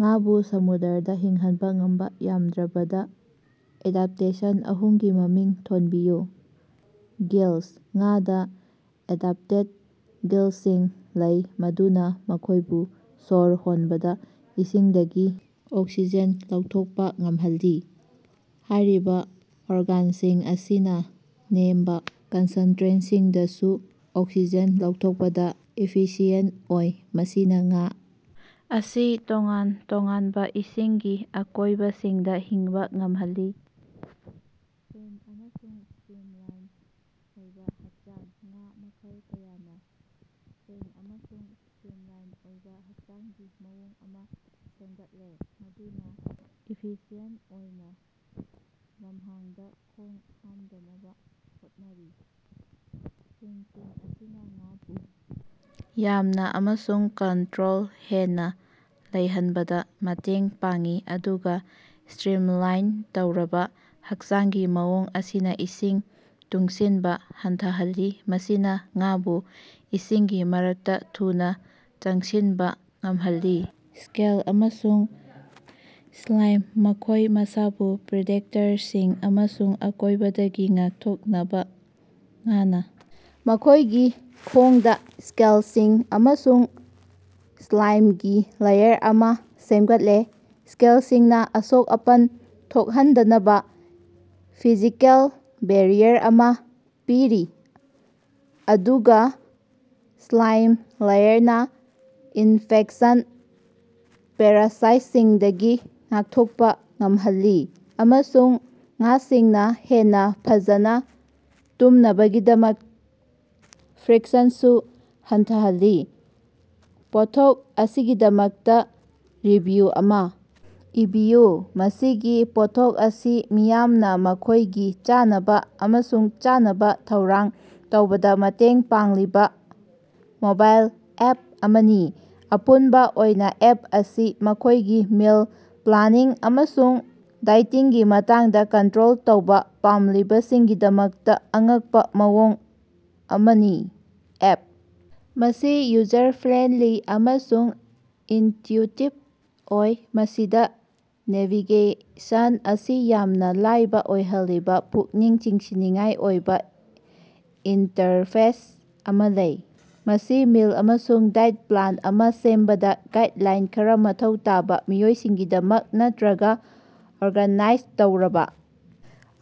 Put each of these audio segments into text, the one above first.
ꯉꯥꯕꯨ ꯁꯃꯨꯗ꯭ꯔꯗꯥ ꯍꯤꯡꯍꯟꯕ ꯉꯝꯕꯥ ꯌꯥꯝꯗ꯭ꯔꯕꯗ ꯑꯦꯗꯞꯇꯦꯁꯟ ꯑꯍꯨꯝꯒꯤ ꯃꯃꯤꯡ ꯊꯣꯟꯕꯤꯌꯨ꯫ ꯒꯤꯜꯁ: ꯉꯥꯗꯥ ꯑꯦꯗꯞꯇꯦꯗ ꯒꯤꯜꯁꯤꯡ ꯂꯩ ꯃꯗꯨꯅ ꯃꯈꯣꯏꯕꯨ ꯁ꯭ꯋꯔ ꯍꯣꯟꯕꯗ ꯏꯁꯤꯡꯗꯒꯤ ꯑꯣꯛꯁꯤꯖꯦꯟ ꯂꯧꯊꯣꯛꯄꯥ ꯉꯝꯍꯜꯂꯤ꯫ ꯍꯥꯏꯔꯤꯕꯥ ꯑꯣꯔꯒꯥꯟꯁꯤꯡ ꯑꯁꯤꯅ ꯅꯦꯝꯕ ꯀꯟꯁꯦꯟꯇꯔꯦꯁꯟꯁꯤꯡꯗꯁꯨ ꯑꯣꯛꯁꯤꯖꯦꯟ ꯂꯧꯊꯣꯛꯄꯗꯥ ꯏꯐꯤꯁꯤꯌꯦꯟꯇ ꯑꯣꯏ, ꯃꯁꯤꯅꯥ ꯉꯥ ꯑꯁꯤ ꯇꯣꯉꯥꯟ ꯇꯣꯉꯥꯟꯕ ꯏꯁꯤꯡꯒꯤ ꯑꯀꯣꯏꯕꯁꯤꯡꯗ ꯍꯤꯡꯕ ꯉꯝꯍꯜꯂꯤ꯫ ꯐꯤꯟ ꯑꯃꯁꯨꯡ ꯁ꯭ꯇꯔꯤꯃꯂꯥꯏꯟ ꯑꯣꯏꯕ ꯍꯛꯆꯥꯡ: ꯉꯥ ꯃꯈꯜ ꯀꯌꯥꯅ ꯐꯤꯟ ꯑꯃꯁꯨꯡ ꯁ꯭ꯇꯔꯤꯝꯂꯥꯏꯟ ꯑꯣꯏꯕ ꯍꯛꯆꯥꯡꯒꯤ ꯃꯑꯣꯡ ꯑꯃꯥ ꯁꯦꯝꯒꯠꯂꯦ ꯃꯗꯨꯅꯥ ꯏꯐꯤꯁꯤꯌꯦꯟ ꯑꯣꯏꯅꯥ ꯂꯝꯍꯥꯡꯗꯥ ꯈꯣꯡ ꯍꯥꯝꯗꯅꯕ ꯍꯣꯠꯅꯔꯤ꯫ ꯐꯤꯟꯁꯤꯡ ꯑꯁꯤꯅ ꯉꯥꯕꯨ ꯌꯥꯡꯅ ꯑꯃꯁꯨꯡ ꯀꯟꯇꯔꯣꯜ ꯍꯦꯟꯅ ꯂꯩꯍꯟꯕꯗꯥ ꯃꯇꯦꯡ ꯄꯥꯡꯏ ꯑꯗꯨꯒ ꯁ꯭ꯇꯔꯤꯝꯂꯥꯏꯟ ꯇꯧꯔꯕ ꯍꯛꯆꯥꯡꯒꯤ ꯃꯑꯣꯡ ꯑꯁꯤꯅꯥ ꯏꯁꯤꯡ ꯇꯨꯡꯁꯤꯟꯕꯥ ꯍꯟꯊꯍꯜꯂꯤ, ꯃꯁꯤꯅ ꯉꯥꯕꯨ ꯏꯁꯤꯡꯒꯤ ꯃꯔꯛꯇ ꯊꯨꯅꯥ ꯆꯪꯁꯤꯟꯕꯥ ꯉꯝꯍꯜꯂꯤ꯫ ꯁ꯭ꯀꯦꯜ ꯑꯃꯁꯨꯡ ꯁ꯭ꯂꯥꯏꯝ: ꯃꯈꯣꯏ ꯃꯁꯥꯕꯨ ꯄ꯭ꯔꯤꯗꯦꯇꯔꯁꯤꯡ ꯑꯃꯁꯨꯡ ꯑꯀꯣꯏꯕꯗꯒꯤ ꯉꯥꯛꯊꯣꯛꯅꯕꯥ ꯉꯥꯅꯥ ꯃꯈꯣꯏꯒꯤ ꯈꯣꯡꯗꯥ ꯁ꯭ꯀꯦꯜꯁꯤꯡ ꯑꯃꯁꯨꯡ ꯁ꯭ꯂꯥꯏꯝꯒꯤ ꯂꯦꯌꯔ ꯑꯃꯥ ꯁꯦꯝꯒꯠꯂꯦ꯫ ꯁ꯭ꯀꯦꯜꯁꯤꯡꯅ ꯑꯁꯣꯛ-ꯑꯄꯟ ꯊꯣꯛꯍꯟꯗꯅꯕ ꯐꯤꯖꯤꯀꯦꯜ ꯕꯦꯔꯤꯌꯥꯔ ꯑꯃꯥ ꯄꯤꯔꯤ ꯑꯗꯨꯒ ꯁ꯭ꯂꯥꯏꯝ ꯂꯦꯌꯔꯅ ꯏꯟꯐꯦꯛꯁꯟ, ꯄꯦꯔꯥꯁꯥꯏꯠꯁꯤꯡꯗꯒꯤ ꯉꯥꯛꯊꯣꯛꯄ ꯉꯝꯍꯜꯂꯤ ꯑꯃꯁꯨꯡ ꯉꯥꯁꯤꯡꯅ ꯍꯦꯟꯅ ꯐꯖꯅ ꯇꯨꯝꯅꯕꯒꯤꯗꯃꯛ ꯐ꯭ꯔꯤꯛꯁꯟꯁꯨ ꯍꯟꯊꯍꯜꯂꯤ꯫ ꯄꯣꯠꯊꯣꯛ ꯑꯁꯤꯒꯤꯗꯃꯛꯇ ꯔꯤꯚꯤꯌꯨ ꯑꯃꯥ ꯏꯕꯤꯌꯨ꯫ ꯃꯁꯤꯒꯤ ꯄꯣꯠꯊꯣꯛ ꯑꯁꯤ ꯃꯤꯌꯥꯝꯅ ꯃꯈꯣꯏꯒꯤ ꯆꯥꯅꯕ ꯑꯃꯁꯨꯡ ꯆꯥꯅꯕ ꯊꯧꯔꯥꯡ ꯇꯧꯕꯗ ꯃꯇꯦꯡ ꯄꯥꯡꯂꯤꯕ ꯃꯣꯕꯥꯏꯜ ꯑꯦꯞ ꯑꯃꯅꯤ꯫ ꯑꯄꯨꯟꯕ ꯑꯣꯏꯅꯥ, ꯑꯦꯞ ꯑꯁꯤ ꯃꯈꯣꯏꯒꯤ ꯃꯤꯜ ꯄ꯭ꯂꯥꯅꯤꯡ ꯑꯃꯁꯨꯡ ꯗꯥꯏꯇꯤꯡꯒꯤ ꯃꯇꯥꯡꯗ ꯀꯟꯇꯔꯣꯜ ꯇꯧꯕꯥ ꯄꯥꯝꯂꯤꯕꯁꯤꯡꯒꯤꯗꯃꯛꯇ ꯑꯉꯛꯄꯥ ꯃꯑꯣꯡ ꯑꯃꯅꯤ꯫ ꯑꯦꯞ ꯑꯁꯤ ꯌꯨꯖꯔ ꯐ꯭ꯔꯦꯟꯗꯂꯤ ꯑꯃꯁꯨꯡ ꯏꯟꯇꯌꯨꯏꯇꯤꯕ ꯑꯣꯏ, ꯃꯁꯤꯗꯥ ꯅꯦꯚꯤꯒꯦꯁꯟ ꯑꯁꯤ ꯌꯥꯝꯅ ꯂꯥꯏꯕ ꯑꯣꯏꯍꯜꯂꯤꯕ ꯄꯨꯛꯅꯤꯡ ꯆꯤꯡꯁꯤꯟꯅꯤꯡꯉꯥꯏ ꯑꯣꯏꯕ ꯏꯟꯇꯔꯐꯦꯁ ꯑꯃꯥ ꯂꯩ꯫ ꯃꯁꯤ ꯃꯤꯜ ꯑꯃꯁꯨꯡ ꯗꯥꯏꯠ ꯄ꯭ꯂꯥꯟ ꯑꯃꯥ ꯁꯦꯝꯕꯗ ꯒꯥꯏꯗꯂꯥꯏꯟ ꯈꯔ ꯃꯊꯧ ꯇꯥꯕ ꯃꯤꯑꯣꯏꯁꯤꯡꯒꯤꯗꯃꯛ, ꯅꯠꯇꯔꯒ ꯑꯣꯔꯒꯥꯅꯥꯏꯖ ꯇꯧꯔꯕ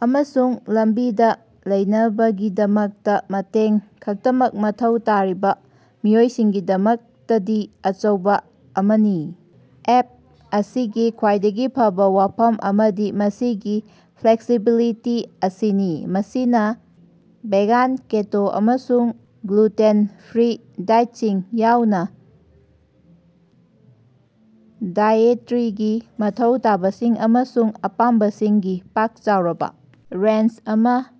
ꯑꯃꯁꯨꯡ ꯂꯝꯕꯤꯗ ꯂꯩꯅꯕꯒꯤꯗꯃꯛꯇ ꯃꯇꯦꯡ ꯈꯛꯇꯃꯛ ꯃꯊꯧ ꯇꯥꯔꯤꯕꯥ ꯃꯤꯑꯣꯏꯁꯤꯡꯒꯤꯗꯃꯛꯇꯗꯤ ꯑꯆꯧꯕ ꯑꯃꯅꯤ꯫ ꯑꯦꯞ ꯑꯁꯤꯒꯤ ꯈ꯭ꯋꯥꯏꯗꯒꯤ ꯐꯕꯥ ꯋꯥꯐꯝ ꯑꯃꯗꯤ ꯃꯁꯤꯒꯤ ꯐ꯭ꯂꯦꯛꯁꯤꯕꯤꯂꯤꯇꯤ ꯑꯁꯤꯅꯤ꯫ ꯃꯁꯤꯅꯥ ꯚꯦꯒꯥꯟ, ꯀꯦꯇꯣ ꯑꯃꯁꯨꯡ ꯒ꯭ꯂꯨꯇꯦꯟ ꯐ꯭ꯔꯤ ꯗꯥꯏꯠꯁꯤꯡ ꯌꯥꯎꯅ ꯗꯥꯏꯑꯦꯇꯔꯤꯒꯤ ꯃꯊꯧ ꯇꯥꯕꯁꯤꯡ ꯑꯃꯁꯨꯡ ꯑꯄꯥꯝꯕꯁꯤꯡꯒꯤ ꯄꯥꯛ-ꯆꯥꯎꯔꯕ ꯔꯦꯟꯖ ꯑꯃꯥ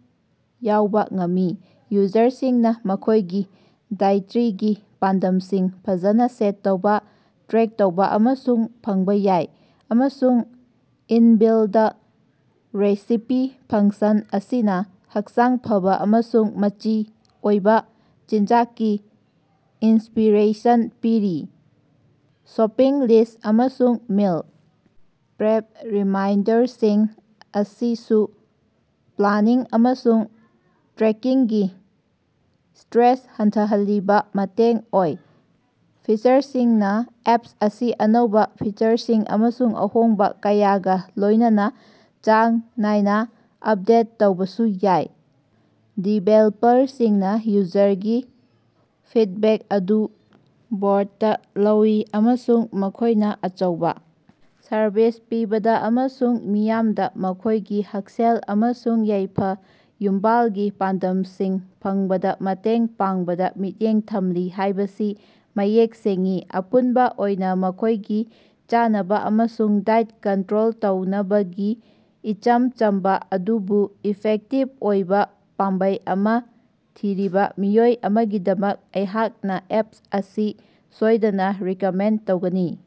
ꯌꯥꯎꯕ ꯉꯝꯃꯤ꯫ ꯌꯨꯖꯔꯁꯤꯡꯅ ꯃꯈꯣꯏꯒꯤ ꯗꯥꯏꯑꯦꯇꯔꯤꯒꯤ ꯄꯥꯟꯗꯝꯁꯤꯡ ꯐꯖꯅ ꯁꯦꯠ ꯇꯧꯕ, ꯇ꯭ꯔꯦꯛ ꯇꯧꯕ ꯑꯃꯁꯨꯡ ꯐꯪꯕ ꯌꯥꯏ, ꯑꯃꯁꯨꯡ ꯏꯟ-ꯕꯤꯜꯗ ꯔꯦꯁꯤꯄꯤ ꯐꯪꯁꯟ ꯑꯁꯤꯅ ꯍꯛꯆꯥꯡ ꯐꯕꯥ ꯑꯃꯁꯨꯡ ꯃꯆꯤ ꯑꯣꯏꯕ ꯆꯤꯟꯖꯥꯛꯀꯤ ꯏꯟꯁꯄꯤꯔꯦꯁꯟ ꯄꯤꯔꯤ꯫ ꯁꯣꯄꯤꯡ ꯂꯤꯁ꯭ꯠ ꯑꯃꯁꯨꯡ ꯃꯤꯜ ꯄ꯭ꯔꯦꯞ ꯔꯤꯃꯥꯏꯟꯗꯔꯁꯤꯡ ꯑꯁꯤꯁꯨ ꯄ꯭ꯂꯥꯅꯤꯡ ꯑꯃꯁꯨꯡ ꯇ꯭ꯔꯦꯀꯤꯡꯒꯤ ꯁ꯭ꯇꯔꯦꯁ ꯍꯟꯊꯍꯜꯂꯤꯕꯥ ꯃꯇꯦꯡ ꯑꯣꯏꯕꯥ ꯐꯤꯆꯔꯁꯤꯡꯅꯤ꯫ ꯑꯦꯞ ꯑꯁꯤ ꯑꯅꯧꯕꯥ ꯐꯤꯆꯔꯁꯤꯡ ꯑꯃꯁꯨꯡ ꯑꯍꯣꯡꯕ ꯀꯌꯥꯒ ꯂꯣꯏꯅꯅꯥ ꯆꯥꯡ ꯅꯥꯏꯅ ꯑꯞꯗꯦꯠ ꯇꯧꯕꯁꯨ ꯌꯥꯏ꯫ ꯗꯤꯕꯦꯜꯄꯔꯁꯤꯡꯅꯥ ꯌꯨꯖꯔꯒꯤ ꯐꯤꯗꯕꯦꯛ ꯑꯗꯨ ꯕꯣꯔꯗꯇꯥ ꯂꯧꯏ, ꯑꯃꯁꯨꯡ ꯃꯈꯣꯏꯅꯥ ꯑꯆꯧꯕꯥ ꯁꯔꯕꯤꯁ ꯄꯤꯕꯗ ꯑꯃꯁꯨꯡ ꯃꯤꯌꯥꯝꯗ ꯃꯈꯣꯏꯒꯤ ꯍꯛꯁꯦꯜ ꯑꯃꯁꯨꯡ ꯌꯥꯏꯐ-ꯌꯨꯝꯕꯥꯜꯒꯤ ꯄꯥꯟꯗꯝꯁꯤꯡ ꯐꯪꯕꯗ ꯃꯇꯦꯡ ꯄꯥꯡꯕꯗꯥ ꯃꯤꯠꯌꯦꯡ ꯊꯝꯂꯤ ꯍꯥꯏꯕꯁꯤ ꯃꯌꯦꯛ ꯁꯦꯡꯏ꯫ ꯑꯄꯨꯟꯕ ꯑꯣꯏꯅ, ꯃꯈꯣꯏꯒꯤ ꯆꯥꯅꯕ ꯑꯃꯁꯨꯡ ꯗꯥꯏꯠ ꯀꯟꯇꯔꯣꯜ ꯇꯧꯅꯕꯒꯤ ꯏꯆꯝ ꯆꯝꯕꯥ ꯑꯗꯨꯕꯨ ꯏꯐꯦꯛꯇꯤꯕ ꯑꯣꯏꯕ ꯄꯥꯝꯕꯩ ꯑꯃꯥ ꯊꯤꯔꯤꯕ ꯃꯤꯑꯣꯏ ꯑꯃꯒꯤꯗꯃꯛ ꯑꯩꯍꯥꯛꯅ ꯑꯦꯞ ꯑꯁꯤ ꯁꯣꯏꯗꯅ ꯔꯤꯀꯃꯦꯟꯗ ꯇꯧꯒꯅꯤ꯫